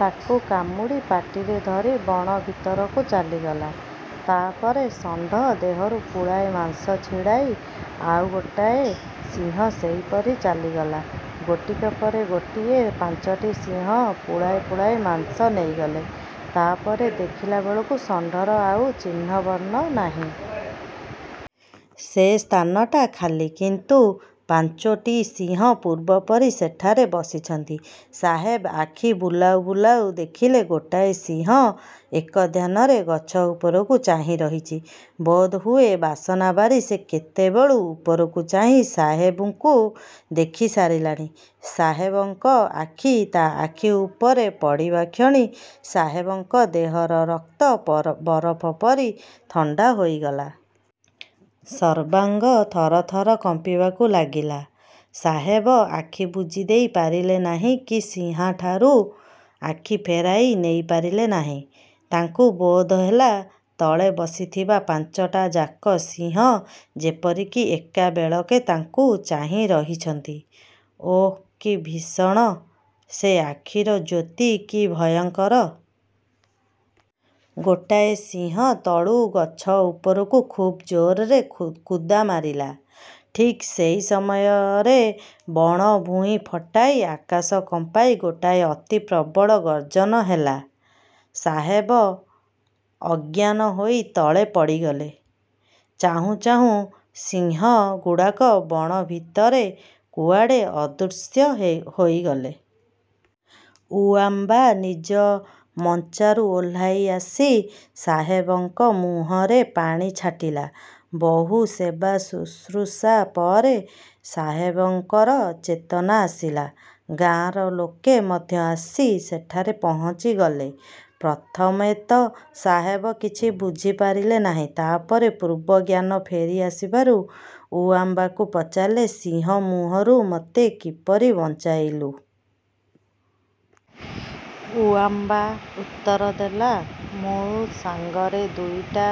ତାକୁ କାମୁଡ଼ି ପାଟିରେ ଧରି ବଣ ଭିତରକୁ ଚାଲିଗଲା। ତା'ପରେ ଷଣ୍ଢ ଦେହରୁ ପୁଳାଏ ମାଂସ ଛିଡ଼ାଇ ଆଉ ଗୋଟାଏ ସିଂହ ସେହିପରି ଚାଲିଗଲା। ଗୋଟିକ ପରେ ଗୋଟିଏ ପାଞ୍ଚୋଟି ସିଂହ ପୁଳାଏ ପୁଳାଏ ମାଂସ ନେଇଗଲେ। ତା'ପରେ ଦେଖିଲାବେଳକୁ ଷଣ୍ଢର ଆଉ ଚିହ୍ନ ବର୍ଣ୍ଣ ନାହିଁ। ସେ ସ୍ଥାନଟା ଖାଲି। କିନ୍ତୁ ପାଞ୍ଚୋଟି ସିଂହ ପୂର୍ବ ପରି ସେଠାରେ ବସିଛନ୍ତି। ସାହେବ ଆଖି ବୁଲାଉ ବୁଲାଉ ଦେଖିଲେ, ଗୋଟାଏ ସିଂହ ଏକଧ୍ୟାନରେ ଗଛ ଉପରକୁ ଚାହିଁରହିଛି। ବୋଧହୁଏ ବାସନା ବାରି ସେ କେତେବେଳୁ ଉପରକୁ ଚାହିଁ ସାହେବଙ୍କୁ ଦେଖିସାରିଲାଣି। ସାହେବଙ୍କ ଆଖି ତା' ଆଖି ଉପରେ ପଡ଼ିବାକ୍ଷଣି ସାହେବଙ୍କ ଦେହର ରକ୍ତ ବରଫ ପରି ଥଣ୍ଡା ହୋଇଗଲା। ସର୍ବାଙ୍ଗ ଥରଥର କମ୍ପିବାକୁ ଲାଗିଲା। ସାହେବ ଆଖି ବୁଜିଦେଇ ପାରିଲେ ନାହିଁ କି ସିଂହାଠାରୁ ଆଖି ଫେରାଇ ନେଇପାରିଲେ ନାହିଁ। ତାଙ୍କୁ ବୋଧହେଲା-ତଳେ ବସିଥିବା ପାଞ୍ଚଟାଯାକ ସିଂହ ଯେପରି କି ଏକାବେଳକେ ତାଙ୍କୁ ଚାହିଁ ରହିଛନ୍ତି। ଓଃ, କି ଭୀଷଣ! ସେ ଆଖିର ଜ୍ୟୋତି କି ଭୟଙ୍କର! ଗୋଟାଏ ସିଂହ ତଳୁ ଗଛ ଉପରକୁ ଖୁବ୍ ଜୋରରେ କୁଦାମାରିଲା। ଠିକ୍ ସେହି ସମୟରେ ବଣ ଭୂଇଁ ଫଟାଇ, ଆକାଶ କମ୍ପାଇ ଗୋଟାଏ ଅତି ପ୍ରବଳ ଗର୍ଜନ ହେଲା। ସାହେବ ଅଜ୍ଞାନ ହୋଇ ତଳେ ପଡ଼ିଗଲେ। ଚାହୁଁ ଚାହୁଁ ସିଂହଗୁଡ଼ାକ ବଣ ଭିତରେ କୁଆଡ଼େ ଅଦୃଶ୍ୟ ହୋଇଗଲେ। ଉଆମ୍ବା ନିଜ ମଞ୍ଚାରୁ ଓହ୍ଲାଇ ଆସି ସାହେବଙ୍କ ମୁହଁରେ ପାଣି ଛାଟିଲା। ବହୁ ସେବାଶୁଶ୍ରୁଷା ପରେ ସାହେବଙ୍କର ଚେତନା ଆସିଲା। ଗାଆଁର ଲୋକେ ମଧ୍ୟ ଆସି ସେଠାରେ ପହଞ୍ଚିଗଲେ। ପ୍ରଥମେ ତ ସାହେବ କିଛି ବୁଝିପାରିଲେ ନାହିଁ। ତା'ପରେ ପୂର୍ବ ଜ୍ଞାନ ଫେରି ଆସିବାରୁ ଉଆମ୍ବାକୁ ପଚାରିଲେ, ''ସିଂହ ମୁହଁରୁ ମୋତେ କିପରି ବଞ୍ଚାଇଲୁ? '' ଉଆମ୍ବା ଉତ୍ତର ଦେଲା ''ମୁଁ ସାଙ୍ଗରେ ଦୁଇଟା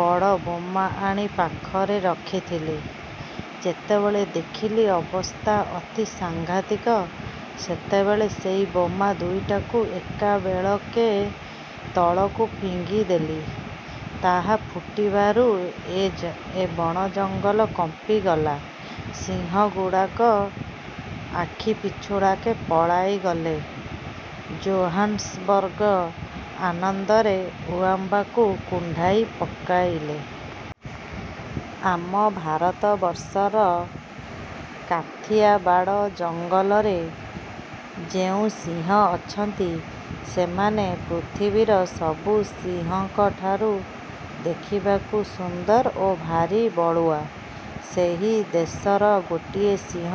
ବଡ଼ ବୋମା ଆଣି ପାଖରେ ରଖିଥିଲି। ଯେତେବେଳେ ଦେଖିଲି, ଅବସ୍ଥା ଅତି ସାଙ୍ଘାତିକ, ସେତେବେଳେ ସେଇ ବୋମା ଦୁଇଟାକୁ ଏକାବେଳକେ ତଳକୁ ଫିଙ୍ଗିଦେଲି। ତାହା ଫୁଟିବାରୁ ଏ ବଣଜଙ୍ଗଲ କମ୍ପିଗଲା। ସିଂହଗୁଡ଼ାକ ଆଖିପିଛୁଳାକେ ପଳାଇଗଲେ। '' ଜୋହାନ୍ସବର୍ଗ ଆନନ୍ଦରେ ଉଆମ୍ବାକୁ କୁଣ୍ଢାଇ ପକାଇଲେ। ଆମ ଭାରତବର୍ଷର କାଥିଆବାଡ଼ ଜଙ୍ଗଲରେ ଯେଉଁ ସିଂହ ଅଛନ୍ତି, ସେମାନେ ପୃଥିବୀର ସବୁ ସିଂହଙ୍କଠାରୁ ଦେଖିବାକୁ ସୁନ୍ଦର ଓ ଭାରି ବଳୁଆ। ସେହି ଦେଶର ଗୋଟିଏ ସିଂହ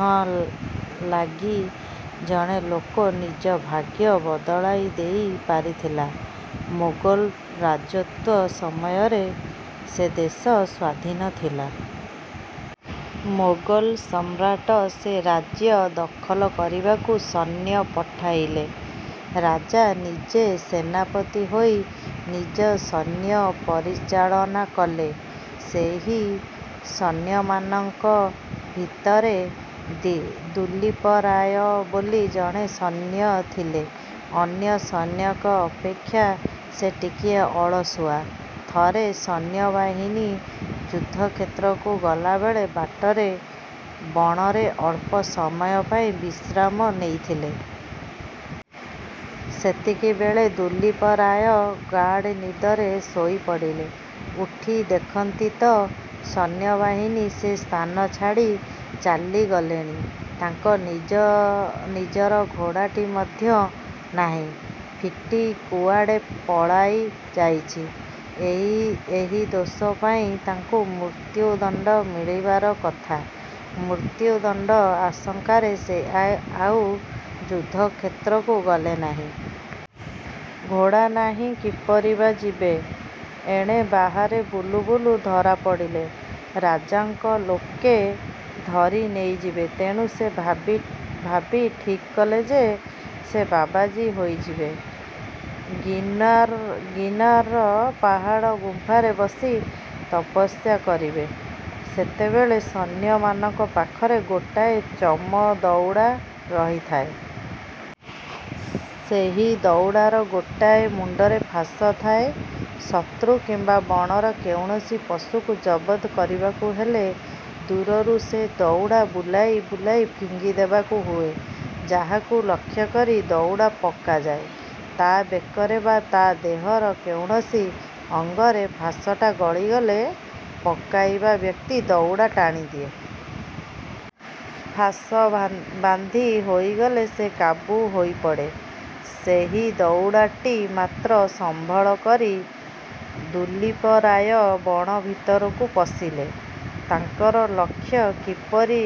ଲାଗି ଜଣେ ଲୋକ ନିଜ ଭାଗ୍ୟ ବଦଳାଇ ଦେଇ ପାରିଥିଲା। ମୋଗଲ ରାଜତ୍ୱ ସମୟରେ ସେ ଦେଶ ସ୍ୱାଧୀନ ଥିଲା। ମୋଗଲସମ୍ରାଟ ସେ ରାଜ୍ୟ ଦଖଲ କରିବାକୁ ସୈନ୍ୟ ପଠାଇଲେ। ରାଜା ନିଜେ ସେନାପତି ହୋଇ ନିଜ ସୈନ୍ୟ ପରିଚାଳନା କଲେ। ସେହି ସୈନ୍ୟମାନଙ୍କ ଭିତରେ ଦୁଲୀପ ରାୟ ବୋଲି ଜଣେ ସୈନ୍ୟ ଥିଲେ। ଅନ୍ୟ ସୈନ୍ୟଙ୍କ ଅପେକ୍ଷା ସେ ଟିକିଏ ଅଳସୁଆ। ଥରେ ସୈନ୍ୟବାହିନୀ ଯୁଦ୍ଧକ୍ଷେତ୍ରକୁ ଗଲାବେଳେ ବାଟରେ ବଣରେ ଅଳ୍ପ ସମୟ ପାଇଁ ବିଶ୍ରାମ ନେଇଥିଲେ। ସେତିକିବେଳେ ଦୁଲୀପ ରାୟ ଗାଢ଼ ନିଦରେ ଶୋଇପଡ଼ିଲେ। ଉଠି ଦେଖନ୍ତି ତ, ସୈନ୍ୟବାହିନୀ ସେ ସ୍ଥାନ ଛାଡ଼ି ଚାଲିଗଲେଣି। ତାଙ୍କ ନିଜର ଘୋଡ଼ାଟି ମଧ୍ୟ ନାହିଁ-ଫିଟି କୁଆଡ଼େ ପଳାଇ ଯାଇଛି। ଏହି ଦୋଷ ପାଇଁ ତାଙ୍କୁ ମୃତ୍ୟୁଦଣ୍ଡ ମିଳିବାର କଥା। ମୃତ୍ୟୁଦଣ୍ଡ ଆଶଙ୍କାରେ ସେ ଆଉ ଯୁଦ୍ଧକ୍ଷେତ୍ରକୁ ଗଲେ ନାହିଁ। ଘୋଡ଼ା ନାହିଁ, କିପରି ବା ଯିବେ? ଏଣେ ବାହାରେ ବୁଲୁ ବୁଲୁ ଧରାପଡ଼ିଲେ ରାଜାଙ୍କ ଲୋକେ ଧରି ନେଇଯିବେ। ତେଣୁ ସେ ଭାବି ଠିକ୍ କଲେ ଯେ, ସେ ବାବାଜୀ ହୋଇଯିବେ; ଗୀର୍ଣ୍ଣାର ପାହାଡ଼ ଗୁମ୍ଫାରେ ବସି ତପସ୍ୟା କରିବେ। ସେତେବେଳେ ସୈନ୍ୟମାନଙ୍କ ପାଖରେ ଗୋଟାଏ ଚମଦଉଡ଼ା ରହିଥାଏ। ସେହି ଦଉଡ଼ାର ଗୋଟାଏ ମୁଣ୍ଡରେ ଫାଶ ଥାଏ। ଶତ୍ରୁ କିମ୍ବା ବଣର କୌଣସି ପଶୁକୁ ଜବତ କରିବାକୁ ହେଲେ, ଦୂରରୁ ସେ ଦଉଡ଼ା ବୁଲାଇ ବୁଲାଇ ଫିଙ୍ଗି ଦେବାକୁ ହୁଏ। ଯାହାକୁ ଲକ୍ଷ୍ୟ କରି ଦଉଡ଼ା ପକାଯାଏ, ତା' ବେକରେ ବା ଦେହର କୌଣସି ଅଙ୍ଗରେ ଫାଶଟା ଗଳିଗଲେ, ପକାଇବା ବ୍ୟକ୍ତି ଦଉଡ଼ା ଟାଣିଦିଏ।। ଫାଶ ବାନ୍ଧି ହୋଇଗଲେ ସେ କାବୁ ହୋଇପଡ଼େ। ସେହି ଦଉଡ଼ାଟି ମାତ୍ର ସମ୍ବଳ କରି ଦୁଲୀପ ରାୟ ବଣ ଭିତରକୁ ପଶିଲେ। ତାଙ୍କର ଲକ୍ଷ୍ୟ, କିପରି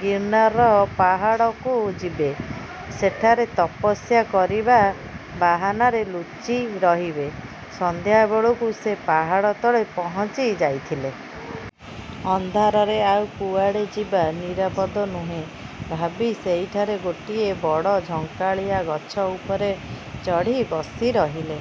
ଗୀର୍ଣ୍ଣାର ପାହାଡ଼କୁ ଯିବେ। ସେଠାରେ ତପସ୍ୟା କରିବା ବାହାନାରେ ଲୁଚି ରହିବେ-। ସନ୍ଧ୍ୟାବେଳକୁ ସେ ପାହାଡ଼ ତଳେ ପହଞ୍ଚି ଯାଇଥିଲେ। ଅନ୍ଧାରରେ ଆଉ କୁଆଡ଼େ ଯିବା ନିରାପଦ ନୁହେଁ ଭାବି ସେହିଠାରେ ଗୋଟିଏ ବଡ଼ ଝଙ୍କାଳିଆ ଗଛ ଉପରେ ଚଢ଼ି ବସି ରହିଲେ।